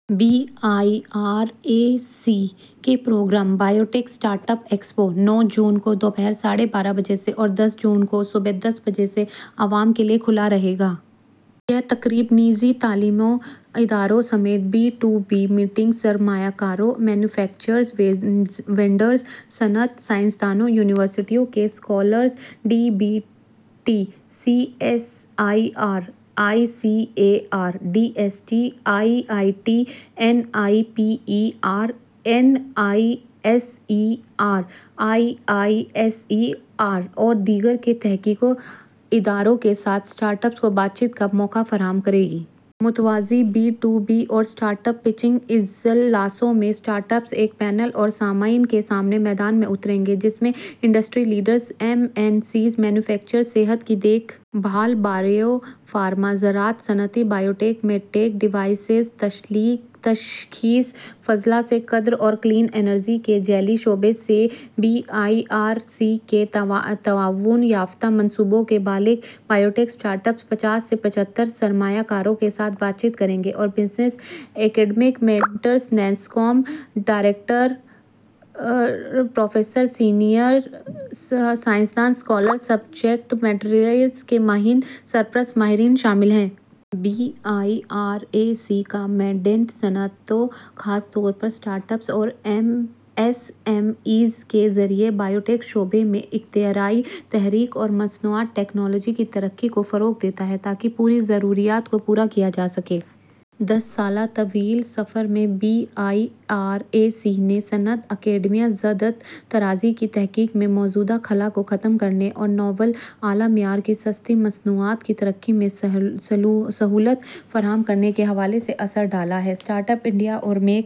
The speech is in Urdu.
Be I R A C کے programme biotech startup expo نو جون کو دوپہر ساڑھے بارہ بجے سے اور دس جون کو صبح دس بجے سے عوام کے لیے کھلا رہے گا۔ یہ تقریب، نجی تعلیمی اداروں سمیت بی ٹو بی میٹنگز، سرمایہ کاروں، مینوفیکچررز، وینڈرز، صنعت، سائنسدانوں، یونیورسٹیوں کے scholars, D B T, C S I R, I C A R, D S T, I I T, N I P E R, N I S E R, I I S E R اور دیگر کے تحقیقی اداروں کے ساتھ اسٹارٹ اپس کو بات چیت کا موقع فراہم کرے گی۔ متوازی بی ٹو بی اور اسٹارٹ اپ پیچنگ اجلاسوں میں، اسٹارٹ اپس ایک پینل اور سامعین کے سامنے میدان میں اتریں گے جس میں industry leaders, M N Cs, manufacturers, صحت کی دیکھ بھال، بائیو فارما، زراعت، صنعتی بائیوٹیک، میڈٹیک ڈیوائسز، تشخیص، فضلہ سے قدر اور کلین انرجی کے ذیلی شعبے سے be I R A C کے تعاون یافتہ منصوبوں کے بالغ بائیوٹیک اسٹارٹ اپس پچاس سے پچھتر سرمایہ کاروں کے ساتھ بات چیت کریں گے اور business academic mentors, NASSCOM, directors, professor, senior science دان، اسکالرز، سبجیکٹ میٹرز کے ماہرین، سرپرست، ماہرین شامل ہیں۔ بی آئی آر اے سی کا مینڈیٹ صنعتوں، خاص طور پر اسٹارٹ اپس اور ایس ایم ایز کے ذریعے بائیوٹیک شعبہ میں اختراعی تحقیق اور مصنوعات/ٹیکنالوجی کی ترقی کو فروغ دینا ہے تاکہ پوری ضروریات کو پورا کیا جا سکے۔ دس سالہ طویل سفر میں، بی آئی آر اے سی نے صنعت-اکیڈمیا جدت طرازی کی تحقیق میں موجودہ خلا کو ختم کرنے اور ناول، اعلیٰ معیار کی سستی مصنوعات کی ترقی میں سہولت فراہم کرنے کے حوالے سے اثر ڈالا ہے۔ اسٹارٹ اپ انڈیا اور میک